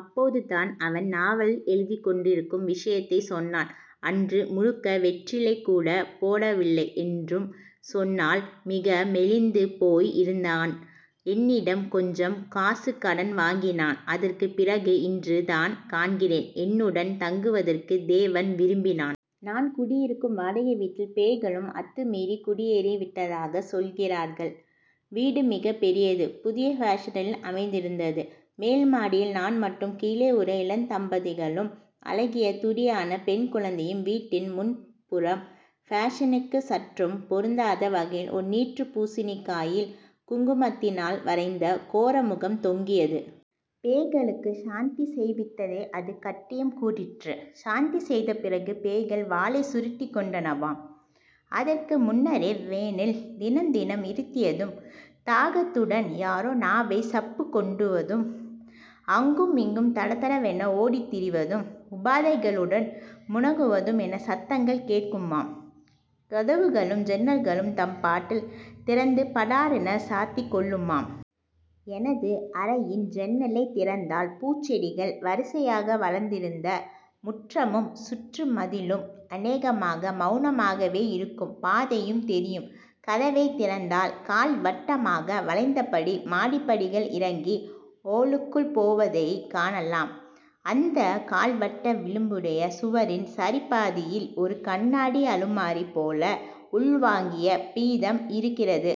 அப்போது தான் அவன் நாவல் எழுதிக் கொண்டிருக்கும் விஷயத்தைச் சொன்னான். அன்று முழுக்க வெற்றிலை கூடப் போடவில்லை என்றும் சொன்னால் மிக மெலிந்து போய் இருந்தான். என்னிடம் கொஞ்சம் காசு கடன் வாங்கினான். அதற்குப் பிறகு இன்று தான் காண்கிறேன். என்னுடன் தங்குவதற்கு தேவன் விரும்பினான். நான் குடியிருக்கும் வாடகை வீட்டில் பேய்களும் அத்து மீறிக் குடியேறிவிட்டதாகச் சொல்லுகிறார்கள். வீடு மிகப் பெரியது. புதிய பாஷனில் அமைந்திருந்தது. மேல் மாடியில் நான் மட்டும் கீழே ஒரு இளந்தம்பதிகளும், அழகிய துடியான பெண்குழந்தையும் வீட்டின் முன்புறம் பாஷனுக்கு சற்றும் பொருந்தாத வகையில் ஒரு நீற்றுப் பூசினிக்காயில் குங்குமத்தினால் வரைந்த கோரமுகம் தொங்கியது. பேய்களுக்கு சாந்தி செய்வித்ததை அது கட்டியம் கூறிற்று. சாந்தி செய்த பிறகு பேய்கள் வாலைச் சுருட்டிக் கொண்டனவாம். அதற்கு முன்னரே வெனில் தினம் தினம் இருட்டியதும் தாகத்துடன் யாரோ நாவைச் சப்புக் கொண்டுவதும், அங்குமிங்கும் தடதடவென ஓடித்திரிவதும். உபாதைகளுடன் முனகுவதும் என சத்தங்கள் கேட்குமாம். கதவுகளும் ஜன்னல்களும் தம்பாட்டில் திறந்து படார் என சாத்திக் கொள்ளுமாம். எனது அறையின் ஜன்னலைத் திறந்தால் பூஞ்செடிகள் வரிசையாக வளர்ந்திருந்த முற்றமும் சுற்றுமதிலும் அநேகமாக மெளனமாகவே இருக்கும் பாதையும் தெரியும். கதவைத் திறந்தால் கால்வட்டமாக வளைந்தபடி மாடிப்படிகள் இறங்கி ஹோலுக்குள் போவதைக் காணலாம். அந்தக் கால்வட்ட விளிம்புடைய சுவரின் சரிபாதியில் ஒரு கண்ணாடி அலுமாரி போல உள்வாங்கிய பீடம் இருக்கிறது.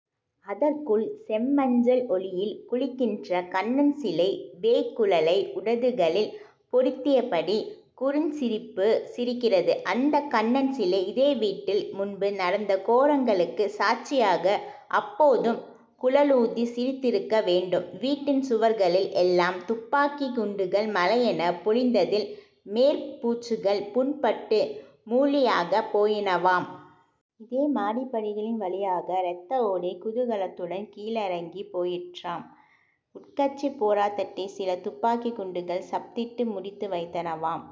அதற்குள் செம்மஞ்சள் ஒளியில் குளிக்கின்ற கண்ணன்சிலை வேய்க்குழலை உதடுகளில் பொருத்தியபடி குறுஞ்சிரிப்புச் சிரிக்கிறது. அந்தக் கண்ணன் சிலை இதே வீட்டில் முன்பு நடந்த கோரங்களுக்கு சாட்சியாக அப்போதும் குழலூதிச் சிரித்திருக்க வேண்டும். வீட்டின் சுவர்களில் எல்லாம் துப்பாக்கிக் குண்டுகள் மழையெனப் பொழிந்ததில் மேற்பூச்சுகள் புண்பட்டு மூளியாகப் போயினவாம். இதே மாடிப்படிகளின் வழியாக இரத்த ஓடை குதூகலத்துடன் கீழிறங்கிப் போயிற்றாம். உட்கட்சிப் போராட்டத்தை சில துப்பாக்கிக் குண்டுகள் சப்தித்து முடித்து வைத்தனவாம்.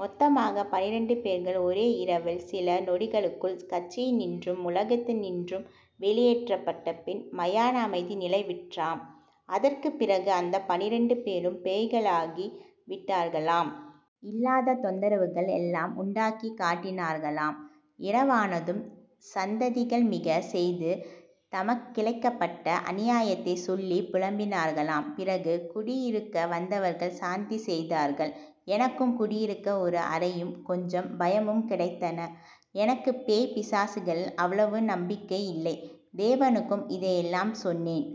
மொத்தமாக பன்னிரண்டு பேர்கள் ஒரே இரவில் சில நொடிகளுக்குள் கட்சியினின்றும் உலகத்தினின்றும் வெளியேற்றப்பட்டபின் மயான அமைதி நிலவிற்றாம். அதற்குப் பிறகு அந்தப் பன்னிரண்டு பேரும் பேய்களாகி விட்டார்களாம். இல்லாத தொந்தரவுகள் எல்லாம் உண்டாக்கிக் காட்டினார்களாம். இரவானதும் சந்தடிகள் மிகச் செய்து தமக்கிழைக்கப்பட்ட அநியாயத்தைச் சொல்லிப் புலம்பினார்களாம். பிறகு குடியிருக்க வந்தவர்கள் சாந்தி செய்தார்கள். எனக்கும் குடியிருக்க ஒரு அறையும், கொஞ்சம் பயமும் கிடைத்தன. எனக்குப் பேய் பிசாசுகளில் அவ்வளவு நம்பிக்கை இல்லை. தேவனுக்கும் இதையெல்லாம் சொன்னேன்.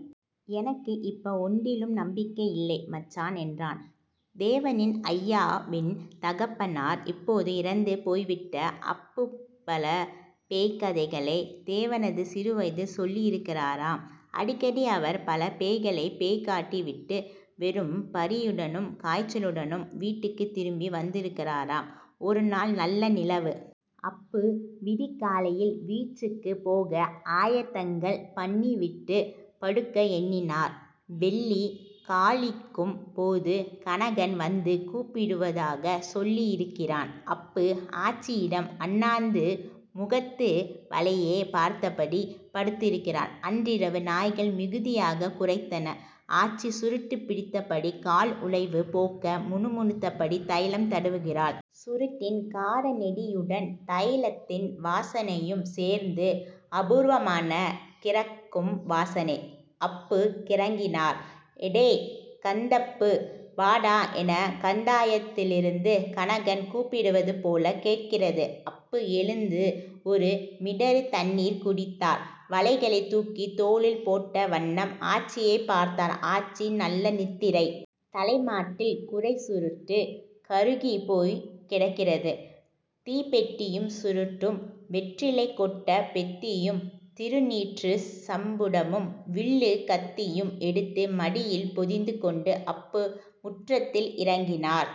எனக்கு இப்ப ஒண்டிலும் நம்பிக்கை இல்லை மச்சான் என்றான். தேவனின் அய்யா வின் தகப்பனார் இப்போது இறந்து போய்விட்ட அப்புபல பேய்க்கதைகளைத் தேவனது சிறுவயதில் சொல்லியிருக்கிறாராம். அடிக்கடி அவர் பலபேய்களைப் பேய்க்காட்டிவிட்டு வெறும் பறியுடனும் காய்ச்சலுடனும் வீட்டுக்கு திரும்பி வந்திருக்கிறாராம். ஒரு நாள், நல்ல நிலவு. அப்பு விடிகாலையில் வீச்சுக்குப் போக ஆயத்தங்கள் பண்ணிவிட்டு படுக்க எண்ணினார். வெள்ளி காலிக்கும் போது கனகன் வந்து கூப்பிடுவதாகச் சொல்லியிருக்கிறான். அப்பு ஆச்சியிடம் அண்ணாந்து முகட்டு வளையைப் பார்த்தபடி படுத்திருக்கிறார். அன்றிரவு நாய்கள் மிகுதியாகக் குரைத்தன. ஆச்சி சுருட்டுப் பிடித்தபடி கால் உளைவு போக்க முணுமுணுத்தபடி தைலம் தடவுகிறாள். சுருட்டின் காரநெடியுடன் தைலத்தின் வாசனையும் சேர்ந்து அபூர்வமான கிறக்கும் வாசனை. அப்பு கிறங்கினார். எடேய்... கந்தப்பு... வாடா எனக் கண்டாயத்திலிருந்து கனகன் கூப்பிடுவது போலக் கேட்கிறது. அப்பு எழுந்து ஒரு மிடறு தண்ணீர் குடித்தார். வலைகளைத் தூக்கித் தோளில் போட்ட வண்ணம் ஆச்சியைப் பார்த்தார். ஆச்சி நல்ல நித்திரை. தலைமாட்டில் குறைச் சுருட்டு கருகிப் போய்க்கிடக்கிறது. தீப்பெட்டியும் சுருட்டும் வெற்றிலைக் கொட்டப் பெட்டியும் திருநீற்றுச் சம்புடமும் வில்லுக் கத்தியும் எடுத்து மடியில் பொதிந்து கொண்டு அப்பு முற்றத்தில் இறங்கினார்.